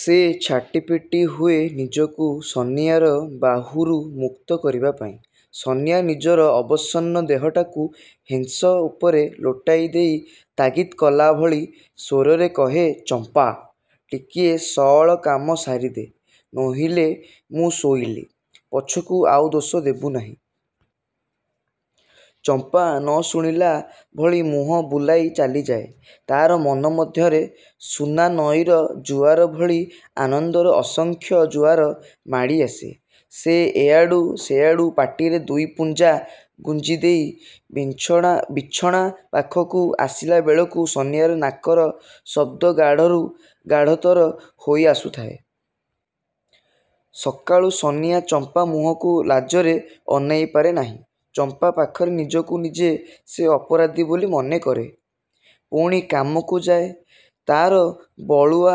ସେ ଛାଟିପିଟି ହୁଏ ନିଜକୁ ସନିଆର ବାହୁରୁ ମୁକ୍ତ କରିବା ପାଇଁ। ସନିଆ ନିଜର ଅବସନ୍ନ ଦେହଟାକୁ ହେଁସ ଉପରେ ଲୋଟେଇ ଦେଇ ତାଗିତ କଲାଭଲି ସ୍ୱରରେ କହେ ''ଚମ୍ପା! ଟିକିଏ ସଅଳ କାମ ସାରିଦେ। ନୋହିଲେ ମୁଁ ଶୋଇଲି। ପଛକୁ ଆଉ ଦୋଷ ଦେବୁ ନାହିଁ। '' ଚମ୍ପା ନ ଶୁଣିଲା ଭଳି ମୁହଁ ବୁଲାଇ ଚାଲିଯାଏ। ତା'ର ମନ ମଧ୍ୟରେ ସୁନାନଈର ଜୁଆର ଭଳି ଆନନ୍ଦର ଅସଂଖ୍ୟ ଜୁଆର ମାଡ଼ିଆସେ। ସେ ଏଆଡ଼ୁ ସେଆଡ଼ୁ ପାଟିରେ ଦୁଇପୁଞ୍ଜା ଗୁଞ୍ଜିଦେଇ ବିଛଣା ପାଖକୁ ଆସିଲାବେଳକୁ ସନିଆର ନାକର ଶବ୍ଦ ଗାଢ଼ରୁ ଗାଢ଼ତର ହୋଇଆସୁଥାଏ। ସକାଳୁ ସନିଆ ଚମ୍ପା ମୁହଁକୁ ଲାଜରେ ଅନାଇପାରେ ନାହିଁ। ଚମ୍ପା ପାଖରେ ନିଜକୁ ନିଜେ ସେ ଅପରାଧୀ ବୋଲି ମନେକରେ। ପୁଣି କାମକୁ ଯାଏ। ତା'ର ବଳୁଆ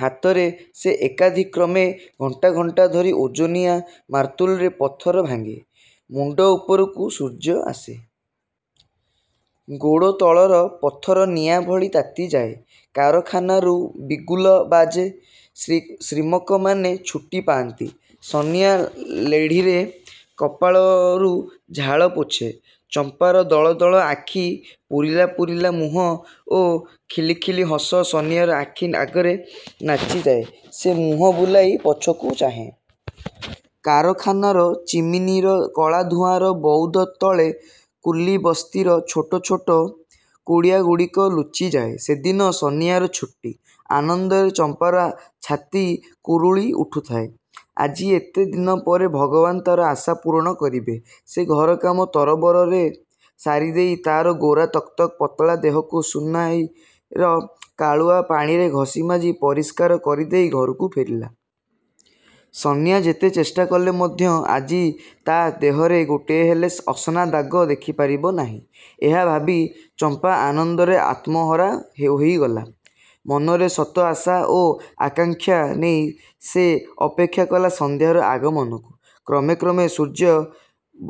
ହାତରେ ସେ ଏକାଧିକ୍ରମେ ଘଣ୍ଟା ଘଣ୍ଟା ଧରି ଓଜନିଆ ମାରତୁଲରେ ପଥର ଭାଙ୍ଗେ। ମୁଣ୍ଡ ଉପରକୁ ସୂର୍ଯ୍ୟ ଆସେ। ଗୋଡ଼ତଳର ପଥର ନିଆଁଭଳି ତାତିଯାଏ। କାରଖାନାରୁ ବିଗୁଲ ବାଜେ। ଶ୍ରମିକମାନେ ଛୁଟି ପାଆନ୍ତି। ସନିଆ ଲେଢ଼ିରେ କପାଳରୁ ଝାଳ ପୋଛେ। ଚମ୍ପାର ଦଳ ଦଳ ଆଖି। ପୂରିଲା ପୂରିଲା ମୁହଁ ଓ ଖିଲି ଖିଲି ହସ ସନିଆର ଆଖି ଆଗରେ ନାଚିଯାଏ। ସେ ମୁହଁ ବୁଲାଇ ପଛକୁ ଚାହେଁ। କାରଖାନାର ଚିମିନିର କଳାଧୂଆଁର ବଉଦ ତଳେ କୁଲିବସ୍ତିର ଛୋଟ ଛୋଟ କୁଡ଼ିଆଗୁଡ଼ିକ ଲୁଚିଯାଏ। ସେଦିନ ସନିଆର ଛୁଟି। ଆନନ୍ଦରେ ଚମ୍ପାର ଛାତି କୁରୁଳି ଉଠୁଥାଏ। ଆଜି ଏତେ ଦିନପରେ ଭଗବାନ ତା'ର ଆଶା ପୂରଣ କରିବେ। ସେ ଘର କାମ ତରବରରେ ସାରି ଦେଇ ତା'ର ଗୋରା ତକ ତକ ପତଳା ଦେହକୁ ସୁନାନଈର କାଲୁଆ ପାଣିରେ ଘଷି ମାଜି ପରିଷ୍କାର କରିଦେଇ ଘରକୁ ଫେରିଲା। ସନିଆ ଯେତେ ଚେଷ୍ଟା କଲେ ମଧ୍ୟ ଆଜି ତା' ଦେହରେ ଗୋଟିଏହେଲେ ଅସନାଦାଗ ଦେଖିପାରିବ ନାହିଁ। ଏହା ଭାବି ଚମ୍ପା ଆନନ୍ଦରେ ଆତ୍ମହରା ହୋଇଗଲା। ମନରେ ଶତ ଆଶା ଓ ଆକାଙ୍କ୍ଷା ନେଇ ସେ ଅପେକ୍ଷା କଲା ସନ୍ଧ୍ୟାର ଆଗମନକୁ-। କ୍ରମେ କ୍ରମେ ସୂର୍ଯ୍ୟ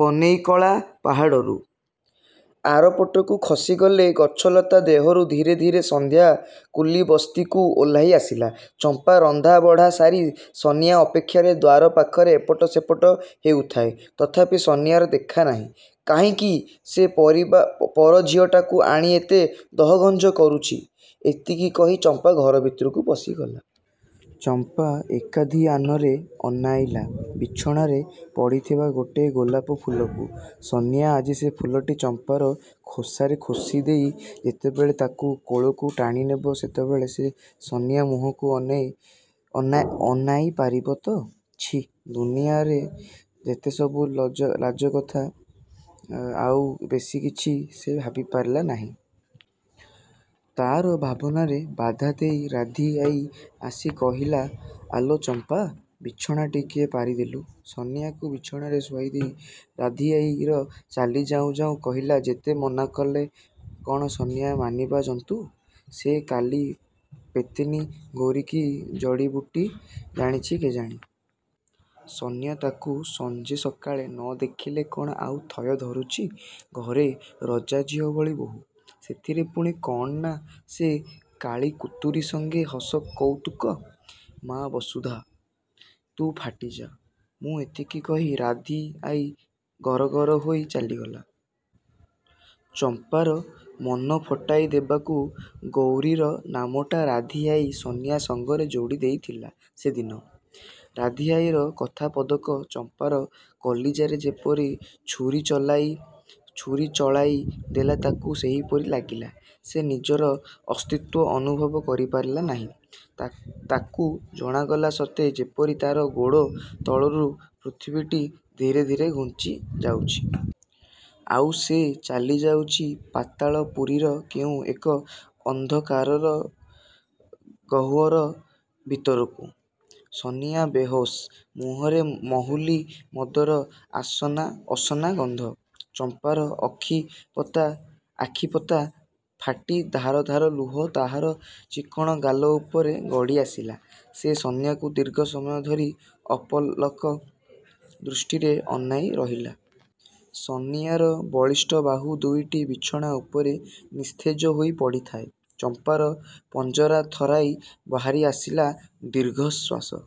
ବନେଇକଳା ପାହାଡ଼ରୁ। ଆରପଟକୁ ଖସିଗଲେ। ଗଛଲତା ଦେହରୁ ଧୀରେ ଧୀରେ ସନ୍ଧ୍ୟା କୁଲିବସ୍ତିକୁ ଓହ୍ଲାଇ ଆସିଲା। ଚମ୍ପା ରନ୍ଧାବଢ଼ା ସାରି ସନିଆ ଅପେକ୍ଷାରେ ଦ୍ୱାର ପାଖରେ ଏପଟ ସେପଟ ହେଉଥାଏ। ତଥାପି ସନିଆର ଦେଖା ନାହିଁ। ''କାହିଁକି ସେ ପରଝିଅଟାକୁ ଆଣି ଏତେ ଦହଗଞ୍ଜ କରୁଛି'' ଏତିକି କହି ଚମ୍ପା ଘର ଭିତରକୁ ପଶିଗଲା। ଚମ୍ପା ଏକଧିଆନରେ ଅନାଇଲା ବିଛଣାରେ ପଡ଼ିଥିବା ଗୋଟିଏ ଗୋଲାପ ଫୁଲକୁ। ସନିଆ ଆଜି ସେ ଫୁଲଟି ଚମ୍ପାର ଖୋସାରେ ଖୋସିଦେଇ ଯେତେବେଳେ ତାକୁ କୋଳକୁ ଟାଣିନେବ ସେତେବେଳେ ସେ ସନିଆ ମୁହଁକୁ ଅନାଇ ପାରିବ ତ? ଛିଃ ଦୁନିଆରେ ଯେତେସବୁ ଲାଜକଥା। ଆଉ ବେଶିକିଛି ସେ ଭାବିପାରିଲା ନାହିଁ। ତା'ର ଭାବନାରେ ବାଧାଦେଇ ରାଧୀଆଈ ଆସି କହିଲା, ''ଆଲୋ ଚମ୍ପା! ବିଛଣା ଟିକିଏ ପାରିଦେଲୁ। '' ସନିଆକୁ ବିଛଣାରେ ଶୁଆଇଦେଇ ରାଧୀଆଈର ଚାଲି ଯାଉଁ ଯାଉଁ କହିଲା, ''ଯେତେ ମନାକଲେ କ'ଣ ସନିଆ ମାନିବା ଜନ୍ତୁ। ସେ କାଳୀପେତିନୀ ଗୌରୀ କି ଜଡ଼ିବୁଟି ଜାଣିଛି କେଜାଣି-। ସନିଆ ତାକୁ ସଞ୍ଜେସକାଳେ ନ ଦେଖିଲେ କ'ଣ ଆଉ ଥୟ ଧରୁଛି। ଘରେ ରଜାଝିଅ ଭଳି ବୋହୂ। ସେଥିରେ ପୁଣି କ'ଣ ନା ସେ କାଳୀକୁତୁରୀ ସଙ୍ଗେ ହସ କଉତୁକ। ମା ବସୁଧା! ତୁ ଫାଟିଯା। ମୁଁ ଏତିକି କହି ରାଧୀଆଈ ଗରଗର ହୋଇ ଚାଲିଗଲା। '' ଚମ୍ପାର ମନ ଫଟାଇ ଦେବାକୁ ଗୌରୀର ନାମଟା ରାଧୀଆଈ ସନିଆ ସଙ୍ଗରେ ଯୋଡ଼ି ଦେଇଥିଲା ସେଦିନ। ରାଧୀଆଈର କଥାପଦକ ଚମ୍ପାର କଲିଜାରେ ଯେପରି ଛୁରିଚଳାଇ ଦେଲା ତାକୁ ସେହିପରି ଲାଗିଲା। ସେ ନିଜର ଅସ୍ତିତ୍ୱ ଅନୁଭବ କରିପାରିଲା ନାହିଁ। ତାକୁ ଜଣାଗଲା ସତେ ଯେପରି ତା'ର ଗୋଡ଼ ତଳରୁ ପୃଥିବୀଟା ଧୀରେ ଧୀରେ ଘୁଞ୍ଚି ଯାଉଛି। ଆଉ ସେ ଚାଲିଯାଉଛି ପାତାଳ ପୁରୀର କେଉଁ ଏକ ଅନ୍ଧକାରର ଗହ୍ୱର ଭିତରକୁ। ସନିଆ ବେହୋସ। ମୁହଁରେ ମହୁଲୀ ମଦର ଅସନା ଗନ୍ଧ। ଚମ୍ପାର ଆଖିପତା ଫାଟି ଧାର ଧାର ଲୁହ ତାହାର ଚିକ୍କଣ ଗାଲ ଉପରେ ଗଡ଼ିଆସିଲା। ସେ ସନିଆକୁ ଦୀର୍ଘ ସମୟ ଧରି ଅପଲକ ଦୃଷ୍ଟିରେ ଅନାଇ ରହିଲା। ସନିଆର ବଳିଷ୍ଠ ବାହୁ ଦୁଇଟି ବିଛଣା ଉପରେ ନିସ୍ତେଜ ହୋଇ ପଡ଼ିଥାଏ। ଚମ୍ପାର ପଞ୍ଜରା ଥରାଇ ବାହାରିଆସିଲା ଦୀର୍ଘଶ୍ୱାସ।